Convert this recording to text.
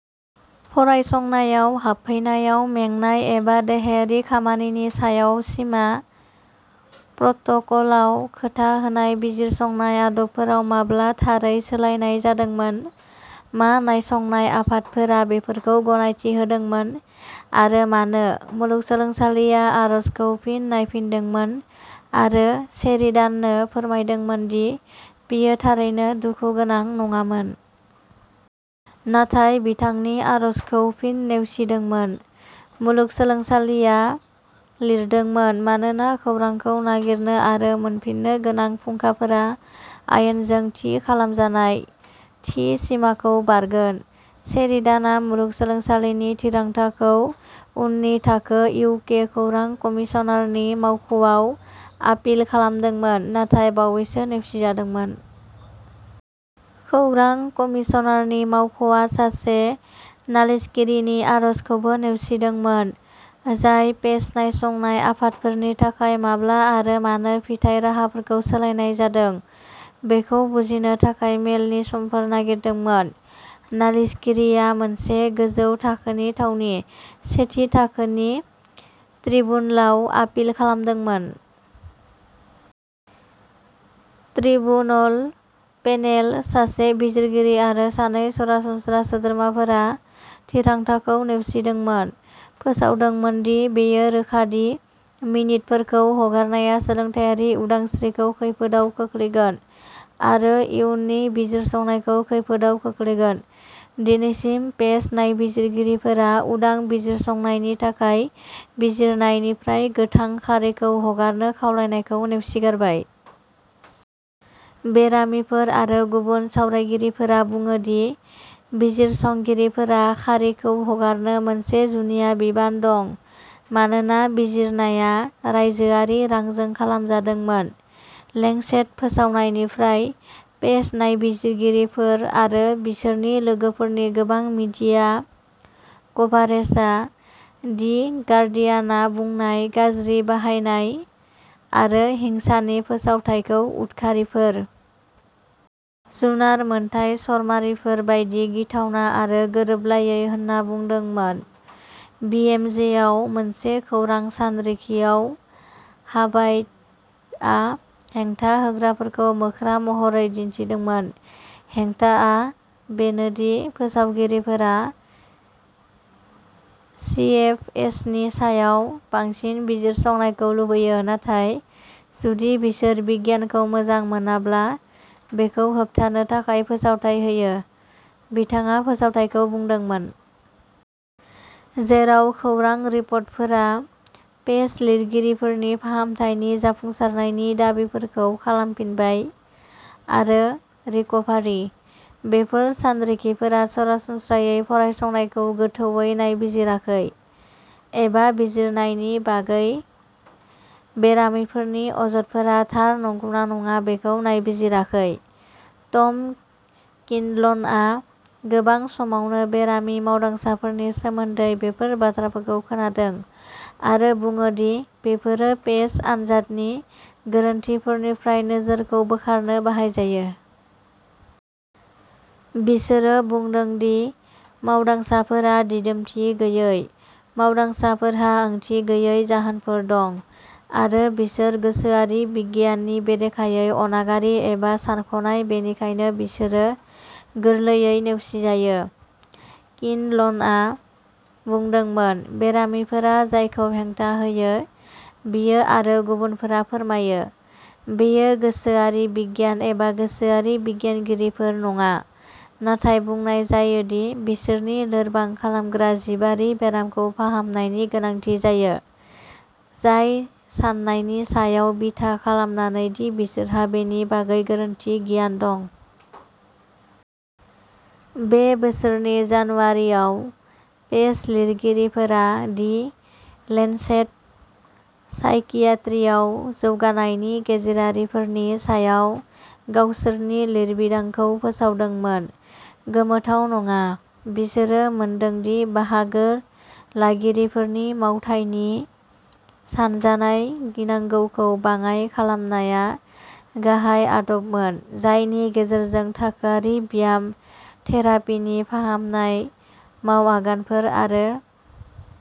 फरायसंनायाव हाबफैनायाव मेंनाय एबा देहायारि खामानिनि सायाव सिमा? प्रट'कलआव खोथा होनाय बिजिरसंनाय आदबफोराव माब्ला थारै सोलायनाय जादोंमोन, मा नायसंनाय आफादफोरा बेफोरखौ गनायथि होदोंमोन, आरो मानो? मुलुगसोलोंसालिया आरजखौ फिन नायफिनदोंमोन आरो शेरिडाननो फोरमायदोंमोन दि बेयो थारैनो "दुखु गोनां" नङामोन। नाथाय बिथांनि आरजखौ फिन नेवसिदोंमोन, मुलुगसोलोंसालिया लिरदोंमोन, मानोना खौरांखौ नागिरनो आरो मोनफिन्नो गोनां फुंखाफोरा आयेनजों थि खालामजानाय "थि सिमाखौ बारगोन"। शेरिडानआ मुलुगसोलोंसालिनि थिरांथाखौ उननि थाखो, इउ. के. खौरां कमिसनारनि मावख'आव आपिल खालामदोंमोन, नाथाय बावैसो नेवसिजादोंमोन। खौरां कमिसनारनि मावख'आ सासे नालिसगिरिनि आरजखौबो नेवसिदोंमोन, जाय पेस नायसंनाय आफादफोरनि थाखाय माब्ला आरो मानो फिथाय राहाफोरखौ सोलायनाय जादों बेखौ बुजिनो थाखाय मेलनि समफोर नागिरदोंमोन। नालिसगिरिआ मोनसे गोजौ थाखोनि थावनि, सेथि थाखोनि ट्रिब्युनलाव आपिल खालामदोंमोन। ट्रिब्युनल पेनेल-सासे बिजिरगिरि आरो सानै सरासनस्रा सोद्रोमाफोरा-थिरांथाखौ नेवसिदोंमोन, फोसावदोंमोन दि बेयो "रोखा" दि मिनितफोरखौ हगारनाया सोलोंथायारि उदांस्रिखौ खैफोदाव खोख्लैगोन आरो इयुननि बिजिरसंनायखौ खैफोदाव खोख्लैगोन। दिनैसिम, पेस नायबिजिरगिरिफोरा उदां बिजिरसंनायनि थाखाय बिजिरनायनिफ्राय गोथां खारिखौ हगारनो खावलायनायखौ नेवसिगारबाय। बेरामिफोर आरो गुबुन सावरायगिरिफोरा बुङो दि बिजिरसंगिरिफोरा खारिखौ हगारनो मोनसे जुनिया बिबान दं मानोना बिजिरनाया रायजोआरि रांजों खालामजादोंमोन। लेंसेट फोसावनायनिफ्राय, पेस नायबिजिरगिरिफोर आरो बिसोरनि लोगोफोरनि गोबां मिडिया कभारेजआ दि गार्डियानआ बुंनाय "गाज्रि बाहायनाय आरो हिंसानि फोसावथाय" खौ "उदखारिफोर... जुनार मोनथाय चरमारिफोर बायदि गिथावना आरो गोरोबलायै" होन्ना बुंदोंमोन। बिएमजेआव मोनसे खौरां सानरिखियाव, ह्वाइटआ हेंथा होग्राफोरखौ मोख्रा महरै दिन्थिदोंमोन। "हेंथाआ बेनो दि फोसावगिरिफोरा सिएफएसनि सायाव बांसिन बिजिरसंनायखौ लुबैयो, नाथाय जुदि बिसोर बिगियानखौ मोजां मोनाब्ला बेखौ होबथानो थाखाय फोसावथाय होयो", बिथाङा फोसावथायखौ बुंदोंमोन। जेराव खौरां रिपर्टफोरा पेस लिरगिरिफोरनि फाहामथायनि जाफुंसारनायनि दाबिफोरखौ खालामफिनबाय आरो "रिकभारि", बेफोर सानरिखिफोरा सरासनस्रायै फरायसंनायखौ गोथौवै नायबिजिराखै एबा बिजिरनायनि बागै बेरामिफोरनि अजदफोरा थार नंगौना नङा बेखौ नायबिजिराखै। टम किन्डल'नआ गोबां समावनो बेरामि मावदांसाफोरनि सोमोन्दै बेफोर बाथ्राफोरखौ खोनादों आरो बुङो दि बेफोरो पेस आनजादनि गोरोन्थिफोरनिफ्राय नोजोरखौ बोखारनो बाहायजायो। "बिसोरो बुंदों दि मावदांसाफोरा दिदोमथि गैयै, मावदांसाफोरहा ओंथि गैयै जाहोनफोर दं आरो बिसोर गोसोआरि बिगियाननि बेरेखायै अनागारि एबा सानख'नाय, बेनिखायनो बिसोरो गोरलैयै नेवसिजायो", किन्डल'नआ बुंदोंमोन। बेरामिफोरा जायखौ हेंथा होयो, बियो आरो गुबुनफोरा फोरमायो, बेयो गोसोआरि बिगियान एबा गोसोआरि बिगियानगिरिफोर नङा, नाथाय बुंनाय जायो दि बिसोरनि लोरबां खालामग्रा जिबारि बेरामखौ फाहामनायनि गोनांथि जायो, जाय साननायनि सायाव बिथा खालामनानै दि बिसोरहा बेनि बागै गोरोन्थि गियान दं। बे बोसोरनि जानुवारिआव, पेस लिरगिरिफोरा दि लेन्सेट साइकियाट्रीआव जौगानायनि गेजेरारिफोरनि सायाव गावसोरनि लिरबिदांखौ फोसावदोंमोन। गोमोथाव नङा, बिसोरो मोनदों दि बाहागो लागिरिफोरनि मावथायनि सानजानाय गिनांगौखौ बाङाइ खालामनाया गाहाय आदबमोन जायनि गेजेरजों थाखोआरि ब्याम थेरापीनि फाहामनाय मावआगानफोर आरो